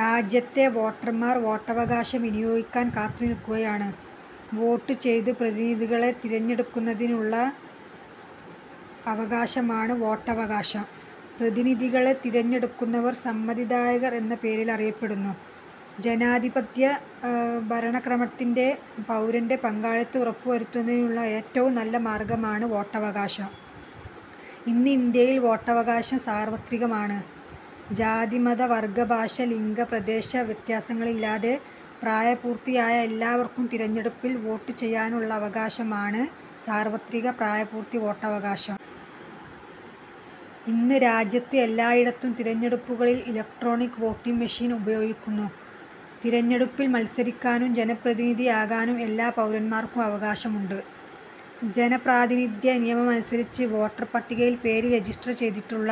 രാജ്യത്തെ വോട്ടർമാർ വോട്ടവകാശം വിനിയോഗിക്കാൻ കാത്തുനിൽക്കുകയാണ്. വോട്ട് ചെയ്ത് പ്രതിനിധികളെ തിരഞ്ഞെടുക്കുന്നതിനുള്ള അവകാശമാണ് വോട്ടവകാശം. പ്രതിനിധികളെ തിരഞ്ഞെടുക്കുന്നവർ സമ്മതിദായകർ എന്ന പേരിലറിയപ്പെടുന്നു. ജനാധിപത്യ ഭരണക്രമത്തിന്റെ പൗരന്റെ പങ്കാളിത്തം ഉറപ്പുവരുത്തുന്നതിനുള്ള ഏറ്റവും നല്ല മാർഗമാണ് വോട്ടവകാശം. ഇന്ന് ഇന്ത്യയിൽ വോട്ടവകാശം സാർവത്രികമാണ്. ജാതി-മത-വർഗ-ഭാഷ-ലിംഗ-പ്രദേശ വ്യത്യാസങ്ങളില്ലാതെ പ്രായപൂർത്തിയായ എല്ലാവർക്കും തിരഞ്ഞെടുപ്പിൽ വോട്ട് ചെയ്യാനുള്ള അവകാശമാണ് സാർവത്രിക പ്രായപൂർത്തി വോട്ടവകാശം. ഇന്ന് രാജ്യത്ത് എല്ലായിടത്തും തിരഞ്ഞെടുപ്പുകളിൽ ഇലക്ട്രോണിക് വോട്ടിങ് മെഷീൻ ഉപയോഗിക്കുന്നു. തിരഞ്ഞെടുപ്പിൽ മത്സരിക്കാനും ജനപ്രതിനിധിയാകാനും എല്ലാ പൗരന്മാർക്കും അവകാശമുണ്ട്. ജനപ്രാതിനിധ്യ നിയമമനുസരിച്ച് വോട്ടർ പട്ടികയിൽ പേര് രജിസ്റ്റർ ചെയ്തിട്ടുള്ള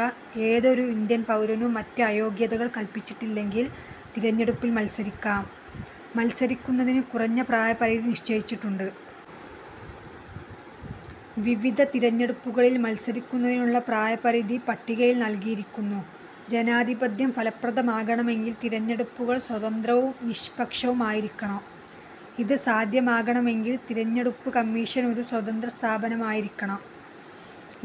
ഏതൊരു ഇന്ത്യൻ പൗരനും മറ്റ് അയോഗ്യതകൾ കൽപ്പിച്ചിട്ടില്ലെങ്കിൽ തിരഞ്ഞെടുപ്പിൽ മത്സരിക്കാം. മത്സരിക്കുന്നതിന് കുറഞ്ഞ പ്രായ പരിധി നിശ്ചയിച്ചിട്ടുണ്ട്. വിവിധ തിരഞ്ഞെടുപ്പുകളിൽ മത്സരിക്കുന്നതിനുള്ള പ്രായപരിധി പട്ടികയിൽ നൽകിയിരിക്കുന്നു. ജനാധിപത്യം ഫലപ്രദമാകണമെങ്കിൽ തിരഞ്ഞെടുപ്പുകൾ സ്വതന്ത്രവും നിഷ്പക്ഷവുമായിരിക്കണം. ഇത് സാധ്യമാകണമെങ്കിൽ തിരഞ്ഞെടുപ്പ് കമ്മീഷൻ ഒരു സ്വതന്ത്ര സ്ഥാപനമായിരിക്കണം.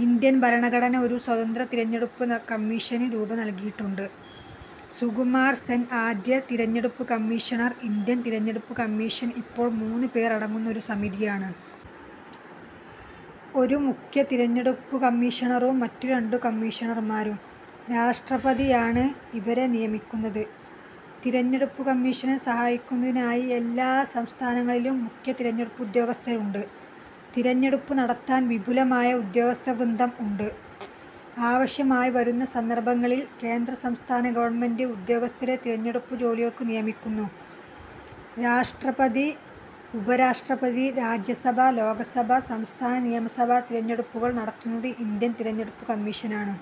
ഇന്ത്യൻ ഭരണഘടന ഒരു സ്വതന്ത്ര തിരഞ്ഞെടുപ്പ് കമ്മീഷന് രൂപം നൽകിയിട്ടുണ്ട്. സുകുമാർ സെൻ ആദ്യ തിരഞ്ഞെടുപ്പ് കമ്മീഷണർ ഇന്ത്യൻ തിരഞ്ഞെടുപ്പ് കമ്മീഷൻ ഇപ്പോൾ മൂന്നു പേർ അടങ്ങുന്ന ഒരു സമിതിയാണ്. ഒരു മുഖ്യ തിരഞ്ഞെടുപ്പ് കമ്മീഷണറും മറ്റു രണ്ടു കമ്മീഷണർമാരും. രാഷ്ട്രപതിയാണ് ഇവരെ നിയമിക്കുന്നത്. തിരഞ്ഞെടുപ്പു കമ്മീഷനെ സഹായിക്കുന്നതിനായി എല്ലാ സംസ്ഥാനങ്ങളിലും മുഖ്യ തിരഞ്ഞെടുപ്പുദ്യോഗസ്ഥരുണ്ട്. തിരഞ്ഞെടുപ്പ് നടത്താൻ വിപുലമായ ഉദ്യോഗസ്ഥവൃന്ദം ഉണ്ട്. ആവശ്യമായി വരുന്ന സന്ദർഭങ്ങളിൽ കേന്ദ്ര-സംസ്ഥാന ഗവൺമെന്റ് ഉദ്യോഗസ്ഥരെ തിരഞ്ഞെടുപ്പു ജോലികൾക്ക് നിയമിക്കുന്നു. രാഷ്ട്രപതി, ഉപരാഷ്ട്രപതി, രാജ്യസഭ, ലോകസഭ, സംസ്ഥാന നിയമസഭാ തിരഞ്ഞെടുപ്പുകൾ നടത്തുന്നത് ഇന്ത്യൻ തിരഞ്ഞെടുപ്പ് കമ്മീഷനാണ്.